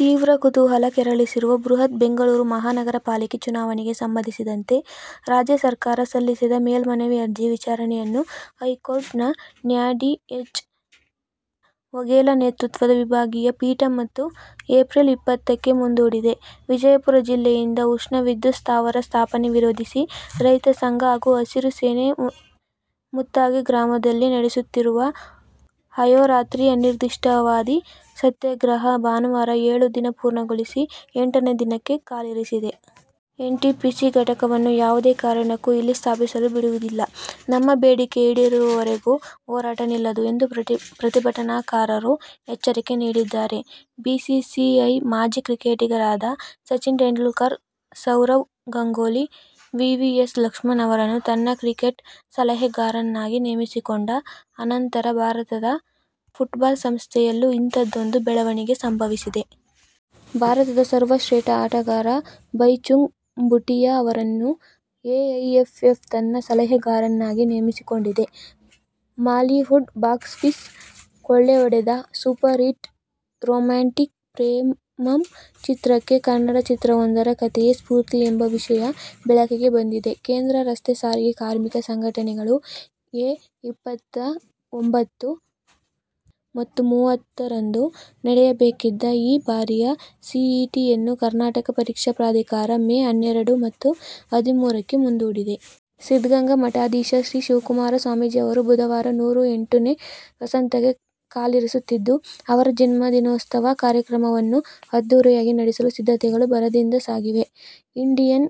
ತೀವ್ರ ಕುತೂಹಲ ಕೆರಳಿಸಿರುವ ಬೃಹತ್ ಬೆಂಗಳೂರು ಮಹಾನಗರ ಪಾಲಿಕೆ ಚುನಾವಣೆಗೆ ಸಂಬಂಧಿಸಿದಂತೆ ರಾಜ್ಯ ಸರ್ಕಾರ ಸಲ್ಲಿಸಿದ್ದ ಮೇಲ್ಮನವಿ ಅರ್ಜಿ ವಿಚಾರಣೆಯನ್ನು ಹೈಕೋರ್ಟ್ ನ ನ್ಯಾ. ಡಿ. ಎಚ್. ವಘೇಲಾ ನೇತೃತ್ವದ ವಿಭಾಗೀಯ ಪೀಠ ಮತ್ತೆ ಏಪ್ರಿಲ್ ಇಪ್ಪತ್ತಕ್ಕೆ ಮುಂದೂಡಿದೆ. ವಿಜಾಪುರ ಜಿಲ್ಲೆಯಿಂದ ಉಷ್ಣ ವಿದ್ಯುತ್ ಸ್ಥಾವರ ಸ್ಥಾಪನೆ ವಿರೋಧಿಸಿ ರೈತ ಸಂಘ ಹಾಗೂ ಹಸಿರು ಸೇನೆ ಮುತ್ತಗಿ ಗ್ರಾಮದಲ್ಲಿ ನಡೆಸುತ್ತಿರುವ ಅಹೋರಾತ್ರಿ ಅನಿರ್ದಿಷ್ಟಾವಧಿ ಸತ್ಯಾಗ್ರಹ ಭಾನುವಾರ ಏಳು ದಿನ ಪೂರ್ಣಗೊಳಿಸಿ ಎಂಟನೇ ದಿನಕ್ಕೆ ಕಾಲಿರಿಸಿದೆ. ಎನ್ಟಿಪಿಸಿ ಘಟಕವನ್ನು ಯಾವುದೇ ಕಾರಣಕ್ಕೂ ಇಲ್ಲಿ ಸ್ಥಾಪಿಸಲು ಬಿಡುವುದಿಲ್ಲ. ನಮ್ಮ ಬೇಡಿಕೆ ಈಡೇರುವವರೆಗೂಹೋರಾಟ ನಿಲ್ಲದು ಎಂದು ಪ್ರತಿಭಟನಾಕಾರರು ಎಚ್ಚರಿಕೆ ನೀಡಿದ್ದಾರೆ. ಬಿಸಿಸಿಐ ಮಾಜಿ ಕ್ರಿಕೆಟಿಗರಾದ ಸಚಿನ್ ತೆಂಡುಲ್ಕರ್, ಸೌರವ್ ಗಂಗೂಲಿ, ವಿವಿಎಸ್ ಲಕ್ಷ್ಮಣ್ ಅವರನ್ನು ತನ್ನ ಕ್ರಿಕೆಟ್ ಸಲಹೆಗಾರರನ್ನಾಗಿ ನೇಮಿಸಿಕೊಂಡ ಅನಂತರ ಭಾರತ ಫುಟ್ಬಾಲ್ ಸಂಸ್ಥೆಯಲ್ಲೂ ಇಂಥದೊಂದು ಬೆಳವಣಿಗೆ ಸಂಭವಿಸಿದೆ. ಭಾರತದ ಸರ್ವಶ್ರೇಷ್ಠ ಆಟಗಾರ ಬೈಚುಂಗ್ ಭುಟಿಯಾ ಅವರನ್ನು ಎಐಎಫ್ಎಫ್ ತನ್ನ ಸಲಹೆಗಾರರನ್ನಾಗಿ ನೇಮಿಸಿಕೊಂಡಿದೆ. ಮಾಲಿವುಡ್ ಬಾಕ್ಸಾಫೀಸ್ ಕೊಳ್ಳೆಹೊಡೆದ ಸೂಪರ್ ಹಿಟ್ ರೊಮ್ಯಾಂಟಿಕ್ ಪ್ರೇಮಂ ಚಿತ್ರಕ್ಕೆ ಕನ್ನಡ ಚಿತ್ರವೊಂದರ ಕಥೆಯೇ ಸ್ಪೂರ್ತಿ ಎಂಬ ವಿಷಯ ಬೆಳಕಿಗೆ ಬಂದಿದೆ. ಕೇಂದ್ರ ರಸ್ತೆ ಸಾರಿಗೆ ಕಾರ್ಮಿಕ ಸಂಘಟನೆಗಳು ಎ. ಇಪ್ಪತ್ತಒಂಬತ್ತು ಮತ್ತು ಮೂವತ್ತು ರಂದು ನಡೆಯಬೇಕಿದ್ದ ಈ ಬಾರಿಯ ಸಿಇಟಿಯನ್ನು ಕರ್ನಾಟಕ ಪರೀಕ್ಷಾ ಪ್ರಾಧಿಕಾರ ಮೇ ಹನ್ನೆರಡು ಮತ್ತು ಹದಿಮೂರು ಕ್ಕೆ ಮುಂದೂಡಿದೆ. ಸಿದ್ಧಗಂಗಾ ಮಠಾಧೀಶ ಶ್ರೀ ಶಿವಕುಮಾರ ಸ್ವಾಮೀಜಿ ಅವರು ಬುಧವಾರ ನೂರಾ ಎಂಟು ನೇ ವಸಂತಕ್ಕೆ ಕಾಲಿರಿಸುತ್ತಿದ್ದು, ಅವರ ಜನ್ಮದಿನೋತ್ಸವ ಕಾರ್ಯಕ್ರಮವನ್ನು ಅದ್ಧೂರಿಯಾಗಿ ನಡೆಸಲು ಸಿದ್ಧತೆಗಳು ಭರದಿಂದ ಸಾಗಿವೆ. ಇಂಡಿಯನ್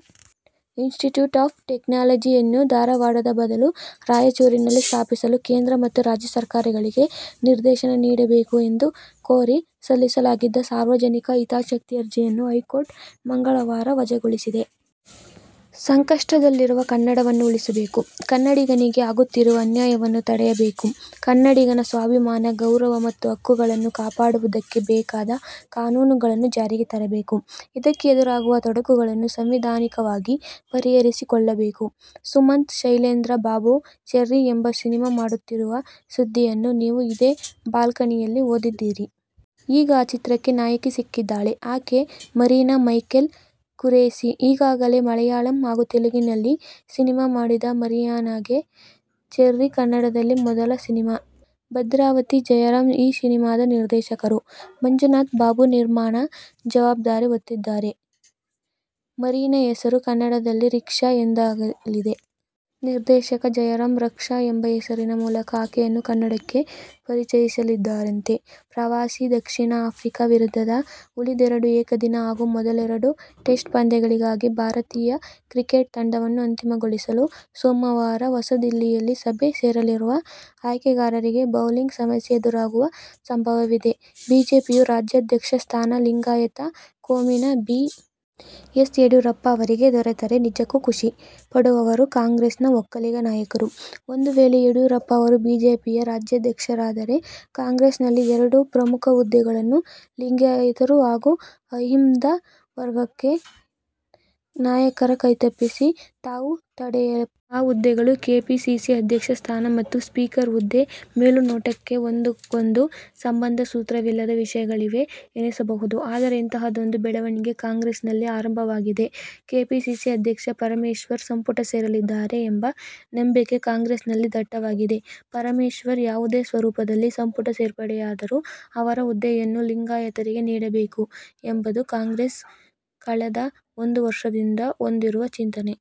ಇನ್ಸ್ಟಿಟ್ಯೂಟ್ ಆಫ್ ಟೆಕ್ನಾಲಜಿ ಯನ್ನು ಧಾರವಾಡದ ಬದಲು ರಾಯಚೂರಿನಲ್ಲಿ ಸ್ಥಾಪಿಸಲು ಕೇಂದ್ರ ಮತ್ತು ರಾಜ್ಯ ಸರಕಾರಗಳಿಗೆ ನಿರ್ದೇಶನ ನೀಡಬೇಕು ಎಂದು ಕೋರಿ ಸಲ್ಲಿಸಲಾಗಿದ್ದ ಸಾರ್ವಜನಿಕ ಹಿತಾಸಕ್ತಿ ಅರ್ಜಿಯನ್ನು ಹೈಕೋರ್ಟ್ ಮಂಗಳವಾರ ವಜಾಗೊಳಿಸಿದೆ. ಸಂಕಷ್ಟದಲ್ಲಿರುವ ಕನ್ನಡವನ್ನು ಉಳಿಸಬೇಕು. ಕನ್ನಡಿಗನಿಗೆ ಆಗುತ್ತಿರುವ ಅನ್ಯಾಯವನ್ನು ತಡೆಯ ಬೇಕು. ಕನ್ನಡಿಗನ ಸ್ವಾಭಿಮಾನ, ಗೌರವ ಮತ್ತು ಹಕ್ಕು ಗಳನ್ನು ಕಾಪಾಡುವುದಕ್ಕೆ ಬೇಕಾದ ಕಾನೂನುಗಳನ್ನು ಜಾರಿಗೆ ತರಬೇಕು. ಇದಕ್ಕೆ ಎದುರಾಗುವ ತೊಡಕುಗಳನ್ನು ಸಾಂವಿಧಾನಿಕವಾಗಿ ಪರಿಹರಿಸಿಕೊಳ್ಳಬೇಕು. ಸುಮಂತ್ ಶೈಲೇಂದ್ರ ಬಾಬು ಚೆರ್ರಿ ಎಂಬ ಸಿನಿಮಾ ಮಾಡುತ್ತಿರುವ ಸುದ್ದಿಯನ್ನು ನೀವು ಇದೇ ಬಾಲ್ಕನಿಯಲ್ಲಿ ಓದಿದ್ದೀರಿ. ಈಗ ಆ ಚಿತ್ರಕ್ಕೆ ನಾಯಕಿ ಸಿಕ್ಕಿದ್ದಾಳೆ. ಆಕೆ ಮರೀನಾ ಮೈಕೆಲ್ ಖುರೇಶಿ. ಈಗಾಗಲೇ ಮಲಯಾಳಂ ಹಾಗೂ ತೆಲುಗಿನಲ್ಲಿ ಸಿನಿಮಾ ಮಾಡಿದ ಮರೀನಾಗೆ "ಚೆರ್ರಿ' ಕನ್ನಡದಲ್ಲಿ ಮೊದಲ ಸಿನಿಮಾ. ಭದ್ರಾವತಿ ಜಯರಾಂ ಈ ಸಿನಿಮಾದ ನಿರ್ದೇಶಕರು. ಮಂಜುನಾಥ್ ಬಾಬು ನಿರ್ಮಾಣದ ಜವಾಬ್ದಾರಿ ಹೊತ್ತಿದ್ದಾರೆ. ಮರೀನಾ ಹೆಸರು ಕನ್ನಡದಲ್ಲಿ ರಕ್ಷಾ ಎಂದಾಗಲಿದೆ. ನಿರ್ದೇಶಕ ಜಯರಾಂ ರಕ್ಷಾ ಎಂಬ ಹೆಸರಿನ ಮೂಲಕ ಆಕೆಯನ್ನು ಕನ್ನಡಕ್ಕೆ ಪರಿಚಯಿಸಲಿದ್ದಾರಂತೆ. ಪ್ರವಾಸಿ ದಕ್ಷಿಣ ಆಫ್ರಿಕಾ ವಿರುದ್ಧದ ಉಳಿದೆರಡು ಏಕದಿನ ಹಾಗೂ ಮೊದಲೆರಡು ಟೆಸ್ಟ್ ಪಂದ್ಯಗಳಿಗಾಗಿ ಭಾರತೀಯ ಕ್ರಿಕೆಟ್ ತಂಡವನ್ನು ಅಂತಿಮಗೊಳಿಸಲು ಸೋಮವಾರ ಹೊಸದಿಲ್ಲಿಯಲ್ಲಿ ಸಭೆ ಸೇರಲಿರುವ ಆಯ್ಕೆಗಾರರಿಗೆ ಬೌಲಿಂಗ್ ಸಮಸ್ಯೆ ಎದುರಾಗುವ ಸಂಭವವಿದೆ. ಬಿಜೆಪಿಯ ರಾಜ್ಯಾಧ್ಯಕ್ಷ ಸ್ಥಾನ ಲಿಂಗಾಯತ ಕೋಮಿನ ಬಿ. ಎಸ್. ಯಡಿಯೂರಪ್ಪ ಅವರಿಗೆ ದೊರೆತರೆ ನಿಜಕ್ಕೂ ಖುಷಿ ಪಡುವವರು ಕಾಂಗ್ರೆಸ್ನ ಒಕ್ಕಲಿಗ ನಾಯಕರು! ಒಂದು ವೇಳೆ ಯಡಿಯೂರಪ್ಪ ಅವರು ಬಿಜೆಪಿಯ ರಾಜ್ಯಾಧ್ಯಕ್ಷರಾದರೆ ಕಾಂಗ್ರೆಸ್ನಲ್ಲಿ ಎರಡು ಪ್ರಮುಖ ಹುದ್ದೆ ಗಳನ್ನು ಲಿಂಗಾಯತರುಹಾಗೂ ಅಹಿಂದ ವರ್ಗದ ನಾಯಕರ ಕೈತಪ್ಪಿಸಿ ತಾವು ಪಡೆಯಲು ಒಕ್ಕಲಿಗ ನಾಯಕರು ಮುಂದಾಗುವ ಸಾಧ್ಯತೆ ಹೆಚ್ಚಿದೆ. ಆ ಹುದ್ದೆಗಳು-ಕೆಪಿಸಿಸಿ ಅಧ್ಯಕ್ಷ ಸ್ಥಾನ ಮತ್ತು ಸ್ಪೀಕರ್ ಹುದ್ದೆ. ಮೇಲುನೋಟಕ್ಕೆ ಒಂದ ಕ್ಕೊಂದು ಸಂಬಂಧ ಸೂತ್ರವಿಲ್ಲದ ವಿಷಯಗಳಿವು ಎನಿಸಬಹುದು. ಆದರೆ, ಇಂತಹದೊಂದು ಬೆಳವಣಿಗೆ ಕಾಂಗ್ರೆಸ್ನಲ್ಲಿ ಆರಂಭವಾಗಿದೆ. ಕೆಪಿಸಿಸಿ ಅಧ್ಯಕ್ಷ ಪರಮೇಶ್ವರ್ ಸಂಪುಟ ಸೇರಲಿದ್ದಾರೆ ಎಂಬ ನಂಬಿಕೆ ಕಾಂಗ್ರೆಸ್ನಲ್ಲಿ ದಟ್ಟವಾಗಿದೆ. ಪರಮೇಶ್ವರ್ ಯಾವುದೇ ಸ್ವರೂಪದಲ್ಲಿ ಸಂಪುಟ ಸೇರ್ಪಡೆಯಾದರೂ ಅವರ ಹುದ್ದೆಯನ್ನು ಲಿಂಗಾಯತರಿಗೆ ನೀಡಬೇಕು ಎಂಬದು ಕಾಂಗ್ರೆಸ್ ಕಳೆದ ಒಂದು ವರ್ಷದಿಂದ ಹೊಂದಿರುವ ಚಿಂತನೆ.